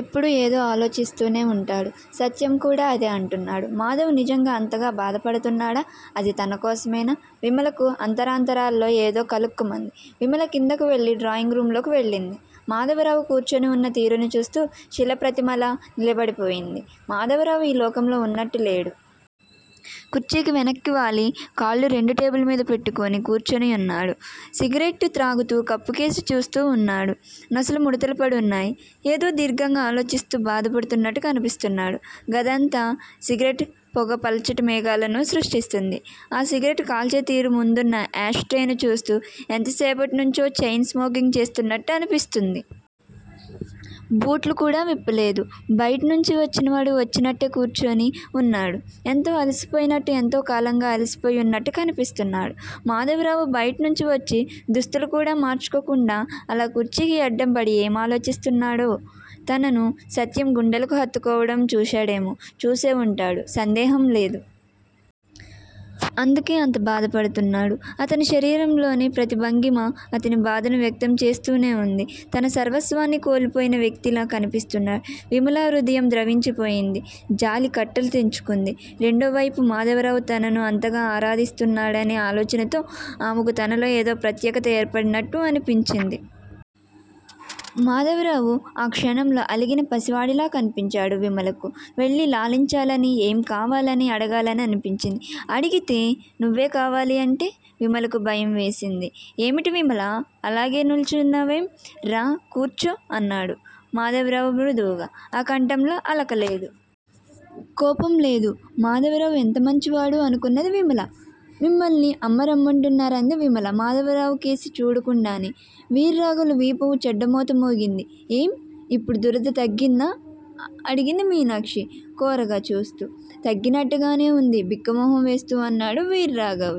ఎప్పుడూ ఏదో ఆలోచిస్తూనే ఉంటాడు. సత్యం కూడా అదే అంటున్నాడు. మాధవ్ నిజంగా అంతగా బాధపడుతున్నాడా? అది తనకోసమేనా? విమలకు అంతరాంతరాల్లో ఏదో కలుక్కుమంది. విమల కిందకు వెళ్ళి డ్రాయింగ్ రూంలోకి వెళ్ళింది. మాధవరావు కూర్చొనివున్న తీరును చూస్తూ శిలాప్రతిమలా నిలబడిపోయింది. మాధవరావు ఈ లోకంలో ఉన్నట్టు లేడు. కుర్చీకి వెనక్కివాలి కాళ్ళు రెండూ టేబుల్ మీద పెట్టుకొని కూర్చొని ఉన్నాడు. సిగరెట్టు త్రాగుతూ కప్పుకేసి చూస్తూ ఉన్నాడు. నొసలు ముడతలుపడి ఉన్నాయి. ఏదో దీర్ఘంగా ఆలోచిస్తూ బాధపడుతున్నట్టు కన్పిస్తున్నాడు. గదంతా సిగరెట్ పొగ పల్చటి మేఘాలను సృష్టిస్తుంది. ఆ సిగరెట్ కాల్చే తీరూ ముందున్న యాష్ ట్రేను చూస్తు ఎంతసేపటినుంచో చైన్ స్మోకింగ్ చేస్తున్నట్టు అన్పిస్తుంది. బూట్లు కూడా విప్పలేదు. బయటనుంచి వచ్చినవాడు వచ్చినట్టే కూర్చొని ఉన్నాడు. ఎంతో అలసిపోయినట్టు ఎంతో కాలంగా అలిసిపోయి ఉన్నట్టు కన్పిస్తున్నాడు. మాధవరావు బయటనుంచి వచ్చి దుస్తులుకూడా మార్చుకోకుండా అలా కుర్చీకి అడ్డంపడి ఏం ఆలోచిస్తున్నాడో? తనను సత్యం గుండెలకు హత్తుకోవడం చూశాడేమో? చూసే ఉంటాడు సందేహం లేదు. అందుకే అంత బాధపడుతున్నాడు. అతని శరీరంలోని ప్రతి భంగిమా అతని బాధను వ్యక్తం చేస్తూనే ఉంది. తన సర్వస్వాన్ని కోల్పోయిన వ్యక్తిలా కన్పిస్తున్న. విమల హృదయం ద్రవించిపోయింది. జాలి కట్టలు తెంచుకొంది. రెండోవైపు మాధవరావు తనను అంతగా ఆరాధిస్తున్నాడనే ఆలోచనతో ఆమెకు తనలో ఏదో ప్రత్యేకత ఏర్పడినట్టు అనిపించింది. మాధవరావు ఆ క్షణంలో అలిగిన పసివాడిలా కన్పించాడు విమలకు. వెళ్ళి లాలించాలనీ ఏం కావాలని అడగాలనీ అనిపించింది. అడిగితే? నువ్వే కావాలి అంటే? విమలకు భయం వేసింది. ఏమిటి విమలా? అలాగే నిల్చున్నావేం? రా! కూర్చో! అన్నాడు మాధవరావు మృదువుగా. ఆ కంఠంలో అలుక లేదు. కోపం లేదు. మాధవరావు ఎంత మంచివాడో! అనుకొన్నది విమల. మిమ్మల్ని అమ్మ రమ్మంటున్నారు అంది విమల మాధవరావు కేసి చూడకుండానే. వీర్రాఘవులు వీపు చెడ్డమోత మోగింది. ఏం? ఇప్పుడు దురద తగ్గిందా? అడిగింది మీనాక్షి కోరగా చూస్తూ. తగ్గినట్టుగానే ఉంది బిక్కమొహం వేస్తూ అన్నాడు వీర్రాఘవు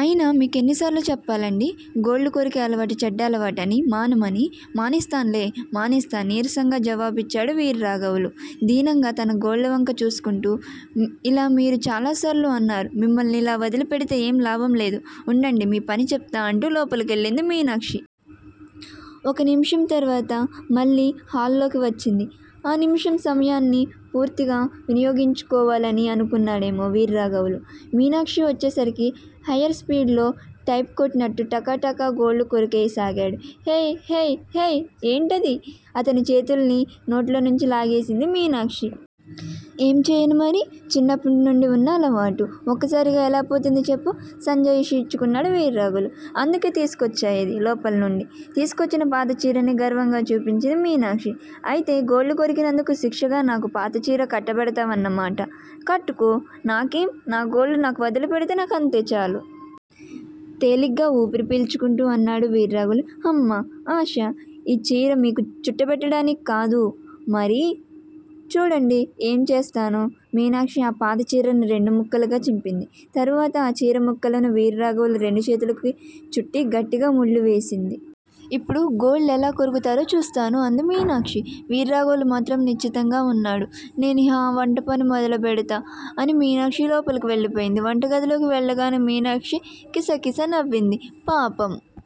అయినా మీకెన్నిసార్లు చెప్పాలండీ గోళ్లు కొరికే అలవాటు చెడ్డ అలవాటనీ మానమనీ మానేస్తాన్లే మానేస్తా నీర్సంగా జవాబిచ్చాడు వీర్రాఘవులు దీనంగా తన గోళ్లవంక చూస్కుంటూ. ఇలా మీరు చాలాసార్లు అన్నారు మిమ్మల్నిలా వదిలిపెడ్తే ఏం లాభం లేదు ఉండండి మీ పని చెప్తా అంటూ లోపలికెళ్లింది మీనాక్షి. ఒక నిమిషం తర్వాత మళ్లీ హాల్లోకి వచ్చింది. ఆ నిమిషం సమయాన్ని పూర్తిగా వినియోగించుకోవాలని అనుకున్నాడేమో వీర్రాఘవులు మీనాక్షి వచ్చేసరికి హయ్యర్ స్పీడ్ లో టైపు కొట్టినట్టు టక టక గోళ్లు కొరికెయ్యసాగాడు. హేయ్ హేయ్ హేయ్ ఏంటది? అతని చేతుల్ని నోట్లో నుంచి లాగేసింది మీనాక్షి. ఏం చెయ్యనుమరి? చిన్నప్పటి నుండీ ఉన్న అలవాటు ఒక్కసారిగా ఎలా పోతుంది చెప్పు? సంజాయిషీ ఇచ్చుకున్నాడు వీర్రాఘవులు. అందుకే తీసుకొచ్చా ఇది! లోపల్నుండి తీసుకొచ్చిన పాత చీరని గర్వంగా చూపించింది మీనాక్షి. అయితే గోళ్లు కొరికనందుకు శిక్షగా నాకు పాతచీర కట్టబెడ్తావన్నమాట! కట్టుకో నాకేం? నా గోళ్లు నాకు వదిలిపెడ్తే నాకంతే చాలు! తేలిగ్గా ఊపిరి పీల్చుకుంటూ అన్నాడు వీర్రాఘవులు. హమ్మా ఆశ! ఈ చీర మీకు చుట్టబెట్టడానిక్కాదు! మరి? చూడండి ఏం చేస్తానో! మీనాక్షి ఆ పాత చీరని రెండు ముక్కలుగా చింపింది. తర్వాత ఆ చీర ముక్కలను వీర్రాఘవులు రెండు చేతులకీ చుట్టి గట్టిగా ముళ్లు వేసింది. ఇప్పుడు గోళ్లు ఎలా కొరుకుతారో చూస్తాను అంది మీనాక్షి. వీర్రాఘవులు మాత్రం నిశ్చితంగా ఉన్నాడు. నేనిహ వంటపని మొదలుబెడ్తా అని మీనాక్షి లోపలికి వెళ్లిపోయింది. వంటగదిలోకి వెళ్ళగానే మీనాక్షి కిసకిస నవ్వింది. పాపం!